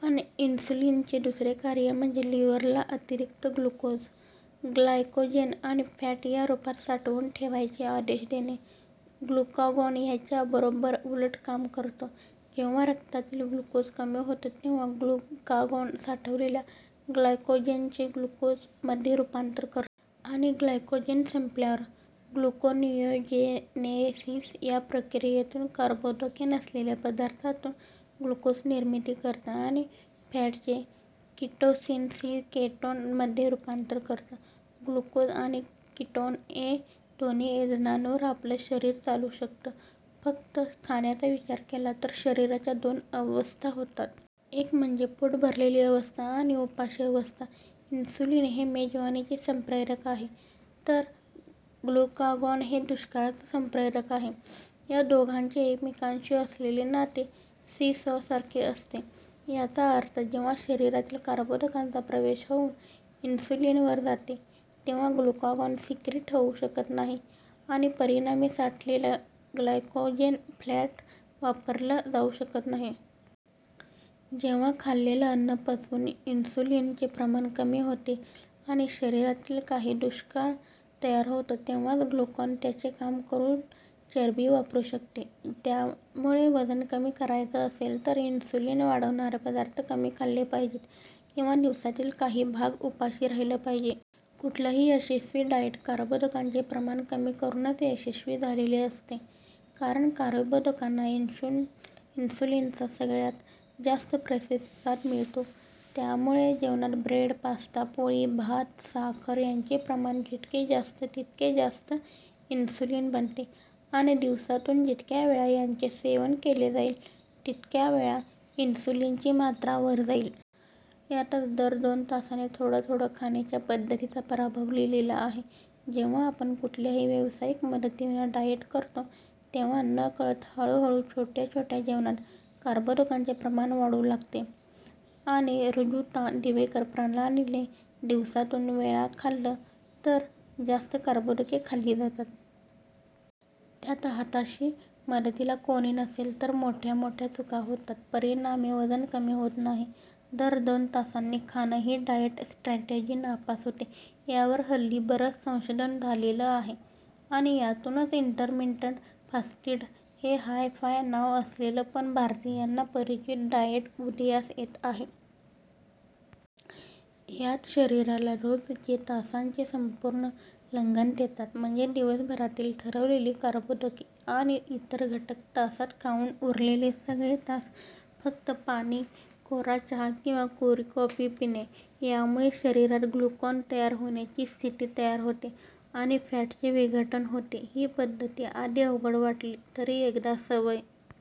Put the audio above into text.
पण इन्सुलिनचे दुसरे कार्य म्हणजे लिव्हर ला अतिरिक्त ग्लुकोज, ग्लायकोजेन आणि फॅट या रूपात साठवून ठेवायचे आदेश देणे. ग्लुकागॉन याच्या बरोब्बर उलट काम करतं. जेव्हा रक्तातील ग्लुकोज कमी होतं तेव्हा ग्लुकागॉन साठवलेल्या ग्लायकोजेनचे ग्लुकोज मध्ये रूपांतर करतं. आणि ग्लायकोजेन संपल्यावर ग्लुकोनियोजेनेसिस या प्रक्रियेतून कर्बोदके नसलेल्या पदार्थातून ग्लुकोज निर्मिती करतं. आणि फॅटचे किटोसिसनी केटोन मध्ये रूपांतर करतं. ग्लुकोज आणि कीटोन या दोन्ही इंधनांवर आपलं शरीर चालू शकतं. फक्त खाण्याचा विचार केला तर शरीराच्या दोन अवस्था होतात. एक म्हणजे पोट भरलेली अवस्था आणि उपाशी अवस्था. इन्सुलिन हे मेजवानीचे संप्रेरक आहे तर ग्लुकागॉन हे दुष्काळाचे संप्रेरक आहे. या दोघांचे एकमेकांशी असलेले नाते सीसॉ सारखे असते. याचा अर्थ जेव्हा शरीरात कर्बोदकांचा प्रवेश होऊन इन्सुलिन वर जाते, तेव्हा ग्लुकागॉन सिक्रीट होऊ शकत नाही आणि परिणामी साठवलेलं ग्लायकोजेन, फॅट वापरलं जाऊ शकत नाही. जेव्हा खाल्लेलं अन्न पचवून इन्सुलिन चे प्रमाण कमी होते आणि शरीरात काही काळ दुष्काळ तयार होतो, तेव्हाच ग्लुकागॉन त्याचे काम करून चरबी वापरू शकते. त्यामुळे वजन कमी करायचं असेल तर इन्सुलिन वाढवणारे पदार्थ कमी खाल्ले पाहिजेत किंवा दिवसातील काही भाग उपाशी राहिलं पाहिजे. कुठलंही यशस्वी डाएट कर्बोदकांचे प्रमाण कमी करूनच यशस्वी झालेले असते. कारण कर्बोदकांना इन्सुलिनचा सगळ्यात जास्त प्रतिसाद मिळतो. त्यामुळे जेवणात ब्रेड, पास्ता, पोळी, भात, साखर याचे प्रमाण जितके जास्त तितके जास्त इन्सुलिन बनते. आणि दिवसातून जितक्यावेळा यांचे सेवन केले जाईल तितक्या वेळा इन्सुलिनची मात्रा वर जाईल. यातच दर दोन तासाने थोडं थोडं खाण्याच्या पद्धतीचा पराभव लिहिला आहे. जेव्हा आपण कुठल्याही व्यावसायिक मदतीविना डाएट करतो तेव्हा नकळत हळू हळू प्रत्येक छोट्या जेवणात कर्बोदकांचे प्रमाण वाढू लागते. आणि ऋजुता दिवेकर प्रणालीने दिवसातून वेळा खाल्लं तर जास्त कर्बोदके खाल्ली जातात. त्यात हाताशी मदतीला कोणी नसेल तर मोठ्या मोठ्या चुका होतात. परिणामी वजन कमी होत नाही. दर दोन तासांनी खाणं ही डाएट स्ट्रॅटेजी नापास होते यावर हल्ली बरंच संशोधन झालेलं आहे. आणि यातूनच इंटरमिटंट फास्टिंग हे हाय फाय नाव असलेलं पण भारतीयांना परिचित डाएट उदयास येत आहे. यात शरीराला रोज ते तासांचे संपूर्ण लंघन देतात. म्हणजे दिवसभरासाठी ठरवलेली कर्बोदके आणि इतर घटक तासात खाऊन उरलेले सगळे तास फक्त पाणी, कोरा चहा किंवा कोरी कॉफी पिणे. यामुळे शरीरात ग्लुकागॉन तयार होण्याची स्थिती तयार होते आणि फॅटचे विघटन होते. ही पद्धती आधी अवघड वाटली तरी एकदा सवय